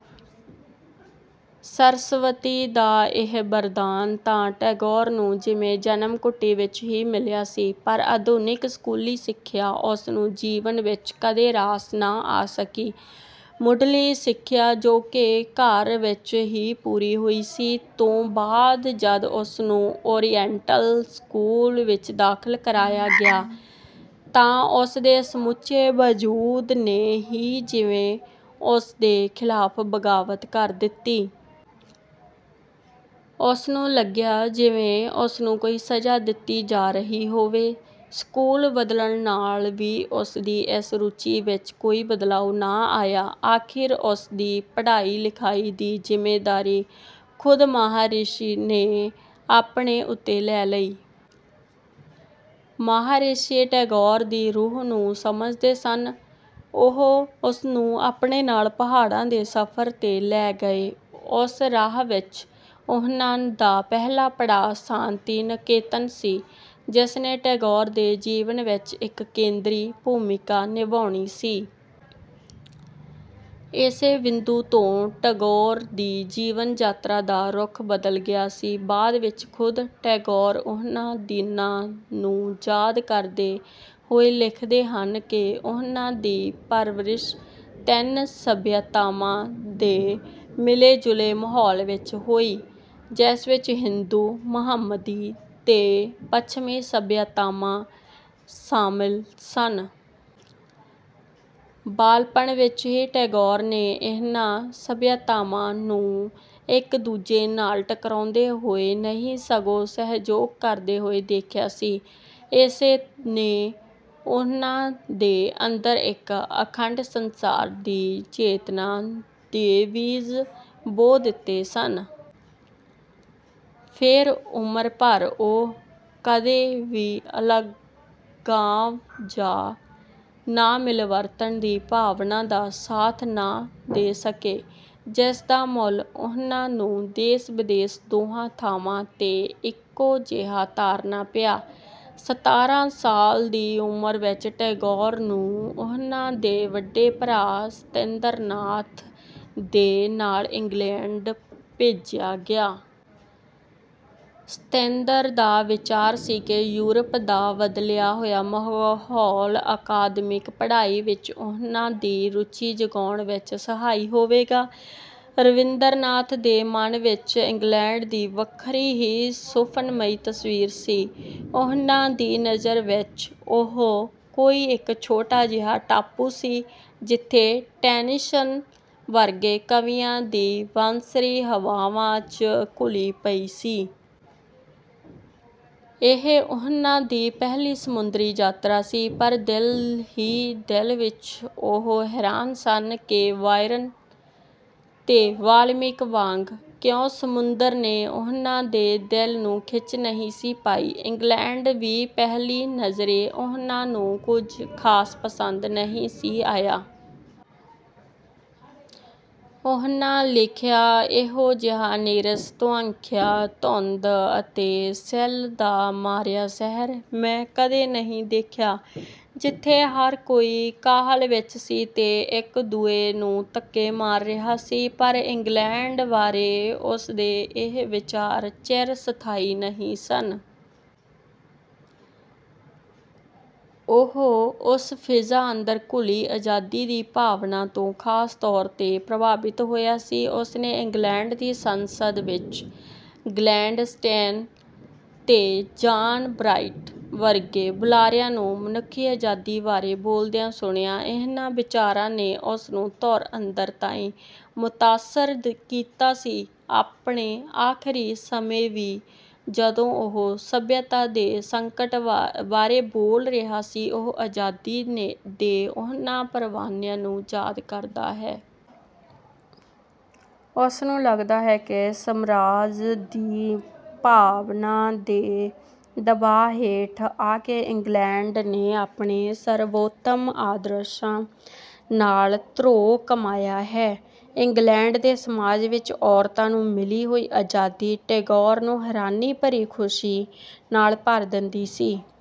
ਸਰਸਵਤੀ ਦਾ ਇਹ ਵਰਦਾਨ ਤਾਂ ਟੈਗੋਰ ਨੂੰ ਜਿਵੇਂ ਜਨਮ-ਘੁੱਟੀ ਵਿੱਚ ਹੀ ਮਿਲਿਆ ਸੀ। ਪਰ ਅਧੁਨਿਕ ਸਕੂਲੀ ਸਿਖਿਆ ਉਸਨੂੰ ਜੀਵਨ ਵਿੱਚ ਕਦੇ ਰਾਸ ਨਾ ਆ ਸਕੀ। ਮੁਢੱਲੀ ਸਿਖਿਆ, ਜੋ ਕਿ ਘਰ ਵਿੱਚ ਹੀ ਪੂਰੀ ਹੋਈ ਸੀ, ਤੋਂ ਬਾਦ ਜਦ ਉਸਨੂੰ ਓਰੀਐਂਟਲ ਸਕੂਲ ਵਿੱਚ ਦਾਖਿਲ ਕਰਾਇਆ ਗਿਆ ਤਾਂ ਉਸਦੇ ਸਮੁੱਚੇ ਵਜੂਦ ਨੇ ਹੀ ਜਿਵੇਂ ਉਸਦੇ ਖਿਲਾਫ਼ ਬਗਾਵਤ ਕਰ ਦਿੱਤੀ। ਉਸਨੂੰ ਲਗਿਆ ਜਿਵੇਂ ਉਸਨੂੰ ਕੋਈ ਸਜਾ ਦਿੱਤੀ ਜਾ ਰਹੀ ਹੋਵੇ। ਸਕੂਲ ਬਦਲਣ ਨਾਲ ਵੀ ਉਸਦੀ ਇਸ ਰੁਚੀ ਵਿੱਚ ਕੋਈ ਬਦਲਾਓ ਨਾ ਆਇਆ। ਆਖਿਰ ਉਸਦੀ ਪੜਾਈ-ਲਿਖਾਈ ਦੀ ਜ਼ਿੰਮੇਦਾਰੀ ਖੁਦ ਮਹਾਰਿਸ਼ੀ ਨੇ ਆਪਣੇ ਉੱਤੇ ਲੈ ਲਈ। ਮਹਾਰਿਸ਼ੀ ਟੈਗੋਰ ਦੀ ਰੂਹ ਨੂੰ ਸਮਝਦੇ ਸਨ, ਉਹ ਉਸਨੂੰ ਆਪਣੇ ਨਾਲ ਪਹਾੜਾਂ ਦੇ ਸਫ਼ਰ 'ਤੇ ਲੈ ਗਏ। ਉਸ ਰਾਹ ਵਿੱਚ ਉਨ੍ਹਾ ਦਾ ਪਹਿਲਾ ਪੜਾਅ ਸ਼ਾਂਤੀ-ਨਿਕੇਤਨ ਸੀ, ਜਿਸਨੇ ਟੈਗੋਰ ਦੇ ਜੀਵਨ ਵਿੱਚ ਇੱਕ ਕੇਂਦਰੀ ਭੂਮੀਕਾ ਨਿਭਾਉਣੀ ਸੀ। ਇਸੇ ਬਿੰਦੂ ਤੋਂ ਟਗੋਰ ਦੀ ਜੀਵਨ ਯਾਤਰਾ ਦਾ ਰੁਖ ਬਦਲ ਗਿਆ ਸੀ। ਬਾਦ ਵਿੱਚ ਖੁਦ ਟੈਗੋਰ ਉਨ੍ਹਾ ਦਿਨਾਂ ਨੂੰ ਯਾਦ ਕਰਦੇ ਹੋਏ ਲਿਖਦੇ ਹਨ ਕਿ ਉਨ੍ਹਾ ਦੀ ਪਰਵਰਿਸ਼ ਤਿੰਨ ਸਭਿਅਤਾਵਾਂ ਦੇ ਮਿਲੇ-ਜੁਲੇ ਮਾਹੋਲ ਵਿੱਚ ਹੋਈ, ਜਿਸ ਵਿੱਚ ਹਿੰਦੂ, ਮੁਹੰਮਦੀ ਤੇ ਪੱਛਮੀ ਸਭਿਆਤਾਵਾਂ ਸ਼ਾਮਿਲ ਸਨ। ਬਾਲਪਣ ਵਿੱਚ ਹੀ ਟੈਗੋਰ ਨੇ ਇਨ੍ਹਾ ਸਭਿਆਤਾਵਾਂ ਨੂੰ ਇੱਕ ਦੂਜੇ ਨਾਲ ਟਕਰਾਉਂਦੇ ਹੋਏ ਨਹੀਂ ਸਗੋਂ ਸਹਿਯੋਗ ਕਰਦੇ ਹੋਏ ਦੇਖਿਆ ਸੀ, ਇਸੇ ਨੇ ਉਨ੍ਹਾ ਦੇ ਅੰਦਰ ਇੱਕ ਅਖੰਡ ਸਂਸਾਰ ਦੀ ਚੇਤਨਾ ਦੇ ਬੀਜ ਬੋ ਦਿੱਤੇ ਸਨ। ਫੇਰ ਉਮਰ ਭਰ ਉਹ ਕਦੇ ਵੀ ਅਲਗਾਵ ਜਾਂ ਨਾਮਿਲਵਰਤਣ ਦੀ ਭਾਵਨਾ ਦਾ ਸਾਥ ਨਾ ਦੇ ਸਕੇ, ਜਿਸ ਦਾ ਮੁੱਲ ਉਨ੍ਹਾ ਨੂੰ ਦੇਸ-ਵਿਦੇਸ ਦੋਹਾਂ ਥਾਵਾਂ 'ਤੇ ਇੱਕੋ ਜਿਹਾ ਤਾਰਨਾ ਪਿਆ। ਸਤਾਰ੍ਹਾਂ ਸਾਲ ਦੀ ਉਮਰ ਵਿੱਚ ਟੈਗੋਰ ਨੂੰ ਉਨ੍ਹਾ ਦੇ ਵੱਡੇ ਭਰਾ ਸਤੇਂਦਰਨਾਥ ਦੇ ਨਾਲ ਇੰਗਲੈਂਡ ਭੇਜਿਆ ਗਿਆ। ਸਤੇਂਦਰ ਦਾ ਵਿਚਾਰ ਸੀ ਕਿ ਯੂਰਪ ਦਾ ਬਦਲਿਆ ਹੋਇਆ ਮਾਹੌਲ ਅਕਾਦਮਿਕ ਪੜ੍ਹਾਈ ਵਿੱਚ ਉਨ੍ਹਾ ਦੀ ਰੁਚੀ ਜਗਾਉਣ ਵਿੱਚ ਸਹਾਈ ਹੋਵੇਗਾ। ਰਬਿੰਦਰਨਾਥ ਦੇ ਮਨ ਵਿੱਚ ਇੰਗਲੈਂਡ ਦੀ ਵੱਖਰੀ ਹੀ ਸੁਫ਼ਨਮਈ ਤਸਵੀਰ ਸੀ। ਉਨ੍ਹਾ ਦੀ ਨਜ਼ਰ ਵਿੱਚ ਉਹ ਕੋਈ ਇੱਕ ਛੋਟਾ ਜਿਹਾ ਟਾਪੂ ਸੀ, ਜਿੱਥੇ ਟੈਨੀਸਨ ਵਰਗੇ ਕਵੀਆਂ ਦੀ ਬਾਂਸਰੀ ਹਵਾਵਾਂ 'ਚ ਘੁਲੀ ਪਈ ਸੀ। ਇਹ ਉਨ੍ਹਾ ਦੀ ਪਹਿਲੀ ਸਮੁੰਦਰੀ ਯਾਤਰਾ ਸੀ। ਪਰ ਦਿਲ ਹੀ ਦਿਲ ਵਿੱਚ ਉਹ ਹੈਰਾਨ ਸਨ ਕਿ ਬਾਇਰਨ ਤੇ ਵਾਲਮੀਕ ਵਾਂਗ ਕਿਉਂ ਸਮੁੰਦਰ ਨੇ ਉਨ੍ਹਾ ਦੇ ਦਿਲ ਨੂੰ ਖਿੱਚ ਨਹੀਂ ਸੀ ਪਾਈ। ਇੰਗਲੈਂਡ ਵੀ ਪਹਿਲੀ ਨਜ਼ਰੇ ਉਨ੍ਹਾ ਨੂੰ ਕੁਝ ਖਾਸ ਪਸੰਦ ਨਹੀਂ ਸੀ ਆਇਆ। ਉਨ੍ਹਾ ਲਿਖਿਆ, " ਇਹੋ ਜਿਹਾ ਨੀਰਸ, ਧੁੰਆਂਖਿਆ, ਧੁੰਦ ਅਤੇ ਸਿੱਲ ਦਾ ਮਾਰਿਆ ਸ਼ਹਿਰ ਮੈਂ ਕਦੇ ਨਹੀਂ ਦੇਖਿਆ, ਜਿੱਥੇ ਹਰ ਕੋਈ ਕਾਹਲ ਵਿੱਚ ਸੀ ਤੇ ਇੱਕ-ਦੂਏ ਨੂੰ ਧਕੇ ਮਾਰ ਰਿਹਾ ਸੀ। " ਪਰ ਇੰਗਲੈਂਡ ਬਾਰੇ ਉਸਦੇ ਇਹ ਵਿਚਾਰ ਚਿਰ-ਸਥਾਈ ਨਹੀਂ ਸਨ। ਉਹ ਉਸ ਫ਼ਿਜ਼ਾ ਅੰਦਰ ਘੁਲੀ ਆਜ਼ਾਦੀ ਦੀ ਭਾਵਨਾ ਤੋਂ ਖਾਸ ਤੌਰ 'ਤੇ ਪ੍ਰਭਾਵਿਤ ਹੋਇਆ ਸੀ। ਉਸਨੇ ਇੰਗਲੈਂਡ ਦੀ ਸੰਸਦ ਵਿੱਚ ਗਲੈਡਸਟੇਨ ਤੇ ਜਾਨ ਬ੍ਰਾਈਟ ਵਰਗੇ ਬੁਲਾਰਿਆਂ ਨੂੰ ਮਨੁਖੀ ਆਜ਼ਾਦੀ ਬਾਰੇ ਬੋਲਦਿਆਂ ਸੁਣਿਆ। ਇਨ੍ਹਾ ਵਿਚਾਰਾਂ ਨੇ ਉਸਨੂੰ ਧੁਰ ਅੰਦਰ ਤਾਈਂ ਮੁਤਾਸਰ ਕੀਤਾ ਸੀ, ਆਪਣੇ ਆਖਰੀ ਸਮੇਂ ਵੀ, ਜਦੋਂ ਉਹ "ਸਭਿਅਤਾ ਦੇ ਸੰਕਟ" ਬਾਰੇ ਬੋਲ ਰਿਹਾ ਸੀ, ਉਹ ਆਜ਼ਾਦੀ ਦੇ ਉਨ੍ਹਾ ਪਰਵਾਨਿਆਂ ਨੂੰ ਯਾਦ ਕਰਦਾ ਹੈ। ਉਸਨੂੰ ਲਗਦਾ ਹੈ ਕਿ ਸਮਰਾਜ ਦੀ ਭਾਵਨਾ ਦੇ ਦਬਾ ਹੇਠ ਆ ਕੇ ਇੰਗਲੈਂਡ ਨੇ ਆਪਣੇ ਸਰਵੋਤਮ ਆਦਰਸ਼ਾਂ ਨਾਲ ਧਰੋਹ ਕਮਾਇਆ ਹੈ। ਇੰਗਲੈਂਡ ਦੇ ਸਮਾਜ ਵਿੱਚ ਔਰਤਾਂ ਨੂੰ ਮਿਲੀ ਹੋਈ ਆਜ਼ਾਦੀ ਟੈਗੋਰ ਨੂੰ ਹੈਰਾਨੀ ਭਰੀ ਖੁਸ਼ੀ ਨਾਲ ਭਰ ਦਿੰਦੀ ਸੀ।